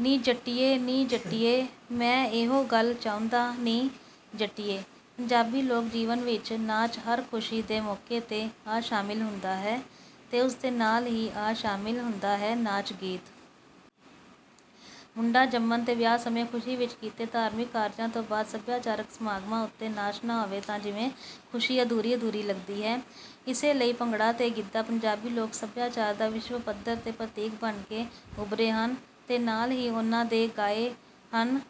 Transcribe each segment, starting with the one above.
ਨੀ ਜੱਟੀਏ ਨੀ ਜੱਟੀਏ ਮੈਂ ਇਹੋ ਗੱਲ ਚਾਹੁੰਦਾ ਨੀ ਜੱਟੀਏ। ਪੰਜਾਬੀ ਲੋਕ ਜੀਵਨ ਵਿਚ ਨਾਚ ਹਰ ਖੁਸ਼ੀ ਦੇ ਮੌਕੇ ਤੇ ਆ ਸ਼ਾਮਿਲ ਹੁੰਦਾ ਹੈ ਤੇ ਉਸਦੇ ਨਾਲ਼ ਹੀ ਆ ਸ਼ਮਿਲ ਹੁੰਦਾ ਹੈ ਨਾਚ ਗੀਤ। ਮੁੰਡਾ ਜਮੰਣ ਤੇ, ਵਿਆਹ ਸਮੇਂ, ਖੁਸ਼ੀ ਵਿਚ ਕੀਤੇ ਧਾਰਮਿਕ ਕਾਰਜਾਂ ਤੋਂ ਬਾਦ, ਸਭਿਆਚਾਰਕ ਸਮਾਗਮਾਂ ਉੱਤੇ ਨਾਚ ਨਾ ਹੋਵੇ ਤਾਂ ਜਿਵੇਂ ਖੁਸ਼ੀ ਅਧੂਰੀ ਅਧੂਰੀ ਲੱਗਦੀ ਹੈ। ਇਸੇ ਲਈ ਭੰਗੜਾ ਤੇ ਗਿੱਧਾ ਪੰਜਾਬੀ ਲੋਕ ਸਭਿਆਚਾਰ ਦਾ ਵਿਸ਼ਵ ਪੱਧਰ ਤੇ ਪ੍ਰਤੀਕ ਬਣ ਕੇ ਉਭਰੇ ਹਨ ਤੇ ਨਾਲ਼ ਹੀ ਉਨ੍ਹਾਂ ਦੇ ਗਾਏ ਹਨ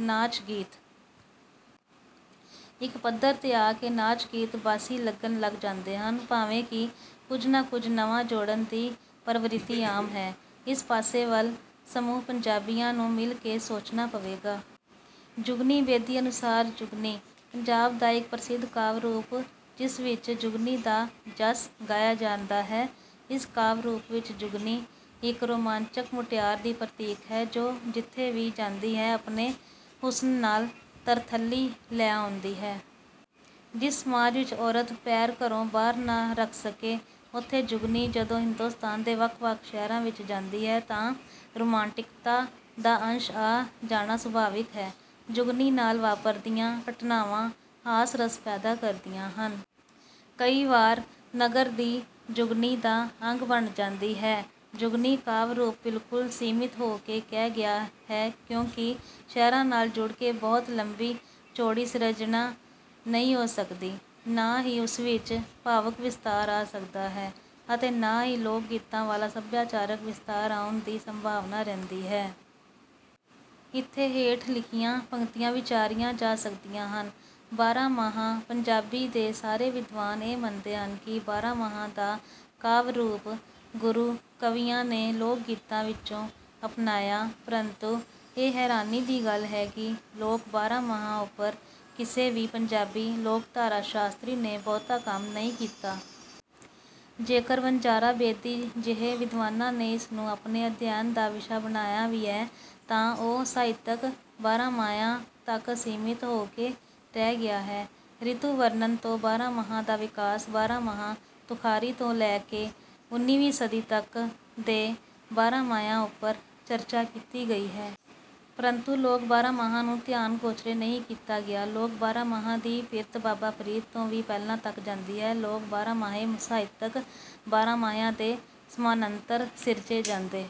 ਨਾਚ ਗੀਤ। ਇਕ ਪੱਧਰ ਤੇ ਆ ਕੇ ਨਾਚ ਗੀਤ ਬਾਸੀ ਲੱਗਣ ਲੱਗ ਜਾਂਦੇ ਹਨ ਭਾਵੇਂ ਕਿ ਕੁਝ ਨਾ ਕੁਝ ਨਵਾਂ ਜੋੜਨ ਦੀ ਪ੍ਰਵਿਰਤੀ ਆਮ ਹੈ। ਇਸ ਪਾਸੇ ਵਲ ਸਮੂਹ ਪੰਜਾਬੀਆ ਨੂੰ ਮਿਲ਼ ਕੇ ਸੋਚਣਾ ਪਵੇਗਾ। ਜੁਗਨੀ ਬੇਦੀ ਅਨੁਸਾਰ ਜੁਗਨੀ, "ਪੰਜਾਬ ਦਾ ਇਕ ਪ੍ਰਸਿਧ ਕਾਵਿ ਰੂਪ ਜਿਸ ਵਿਚ ਜੁਗਨੀ ਦਾ ਜੱਸ ਗਾਇਆ ਜਾਂਦਾ ਹੈ: ਇਸ ਕਾਵਿ ਰੂਪ ਵਿਚ ਜੁਗਨੀ ਇਕ ਰੋਮਾਂਚਕ ਮੁਟਿਆਰ ਦੀ ਪ੍ਰਤੀਕ ਹੈ ਜੋ ਜਿਥੇ ਵੀ ਜਾਂਦੀ ਹੈ ਆਪਣੇ ਹੁਸਨ ਨਾਲ ਤਰਥੱਲੀ ਲੈ ਆਉਂਦੀ ਹੈ। " ਜਿਸ ਸਮਾਜ ਵਿਚ ਔਰਤ ਪੈਰ ਘਰੋਂ ਬਾਹਰ ਨਾ ਰੱਖ ਸਕੇ ਉੱਥੇ ਜੁਗਨੀ ਜਦੋਂ ਹਿੰਦੁਸਤਾਨ ਦੇ ਵੱਖ ਵੱਖ ਸ਼ਹਿਰਾਂ ਵਿਚ ਜਾਂਦੀ ਹੈ ਤਾਂ ਰੁਮਾਂਟਿਕਤਾ ਦਾ ਅੰਸ਼ ਆ ਜਾਣਾ ਸੁਭਾਵਿਕ ਹੈ। ਜੁਗਨੀ ਨਾਲ ਵਾਪਰਦੀਆਂ ਘਟਨਾਵਾਂ ਹਾਸ ਰਸ ਪੈਦਾ ਕਰਦੀਆਂ ਹਨ। ਕਈ ਵਾਰ ਨਗਰ ਦੀ ਜੁਗਨੀ ਦਾ ਅੰਗ ਬਣ ਜਾਂਦੀ ਹੈ। ਜੁਗਨੀ ਕਾਵਿ ਰੂਪ ਬਿਲਕੁਲ ਸੀਮਿਤ ਹੋ ਕੇ ਰਹਿ ਗਿਆ ਹੈ ਕਿਉਂ ਕਿ ਸ਼ਹਿਰਾਂ ਨਾਲ ਜੁੜ ਕੇ ਬਹੁਤੀ ਲੰਬੀ ਚੌੜੀ ਸਿਰਜਣਾ ਨਹੀਂ ਹੋ ਸਕਦੀ,ੇ ਨਾਂ ਹੀ ਉਸ ਵਿਚ ਭਾਵੁਕ ਵਿਸਤਾਰ ਆ ਸਕਦਾ ਹੈ ਅਤੇ ਨਾ ਹੀ ਲੋਕਗੀਤਾਂ ਵਾਲਾ ਸਭਿਆਚਾਰਕ ਵਿਸਤਾਰ ਆਉਣ ਦੀ ਸੰਭਾਵਨਾ ਰਹਿੰਦੀ ਹੈ। ਇਥੇ ਹੇਠ ਲਿਖੀਆਂ ਪੰਕਤੀਆਂ ਵਿਚਾਰੀਆਂ ਜਾ ਸਕਦੀਆਂ ਹਨ; ਬਾਰਾਂਮਾਹਾਂ ਪੰਜਾਬੀ ਦੇ ਸਾਰੇ ਵਿਦਵਾਨ ਇਹ ਮੰਨਦੇ ਹਨ ਕਿ ਬਾਰਾਂਮਾਹਾਂ ਦਾ ਕਾਵਿ ਰੂਪ ਗੁਰੂ ਕਵੀਆਂ ਨੇ ਲੋਕਗੀਤਾਂ ਵਿਚੋਂ ਅਪਣਾਇਆ ਪਰੰਤੂ ਇਹ ਹੈਰਾਨੀ ਦੀ ਗੱਲ ਹੈ ਕਿ ਲੋਕ ਬਾਰਾਂਮਾਹਾਂ ਉਪਰ ਕਿਸੇ ਵੀ ਪੰਜਾਬੀ ਲੋਕਧਾਰਾ ਸ਼ਾਸਤਰੀ ਨੇ ਬਹੁਤਾ ਕੰਮ ਨਹੀਂ ਕੀਤਾ। ਜੇਕਰ ਵਣਜਾਰਾ ਬੇਦੀ ਜਿਹੇ ਵਿਦਵਾਨਾਂ ਨੇ ਇਸ ਨੂੰ ਆਪਣੇ ਅਧਿਐਨ ਦਾ ਵਿਸ਼ਾ ਬਣਾਇਆ ਵੀ ਹੈ ਤਾਂ ਉਹ ਸਾਹਿਤਿਕ ਬਾਰਾਂਮਾਹਿਆਂ ਤੱਕ ਸੀਮਿਤ ਹੋ ਕੇ ਰਹਿ ਗਿਆ ਹੈ। ਰਿਤੂ ਵਰਣਨ ਤੋਂ ਬਾਰਾਂਮਾਹਾਂ ਦਾ ਵਿਕਾਸ, ਬਾਰਾਂਮਾਹਾਂ ਤੁਖਾਰੀ ਤੋਂ ਲੈ ਕੇ ਉਨੀਵੀਂ ਸਦੀ ਤੱਕ ਦੇ ਬਾਰਾਂਮਾਹਿਆਂ ਉੱਪਰ ਚਰਚਾ ਕੀਤੀ ਗਈ ਹੈ। ਪਰੰਤੂ ਲੋਕ ਬਾਰਾਂਮਾਹਾਂ ਨੂੰ ਧਿਆਨ ਗੋਚਰੇ ਨਹੀਂ ਕੀਤਾ ਗਿਆ। ਲੋਕ ਬਾਰਾਂਮਾਹਾਂ ਦੀ ਪਿਰਤ ਬਾਬਾ ਫ਼ਰੀਦ ਤੋਂ ਵੀ ਪਹਿਲਾਂ ਤੱਕ ਜਾਂਦੀ ਹੈ। ਲੋਕ ਬਾਰਾਂਮਾਹੇਂ ਸਾਹਤਿਕ ਬਾਰਾਂਮਾਹਿਆਂ ਦੇ ਸਮਾਨੰਤਰ ਸਿਰਜੇ ਜਾਂਦੇ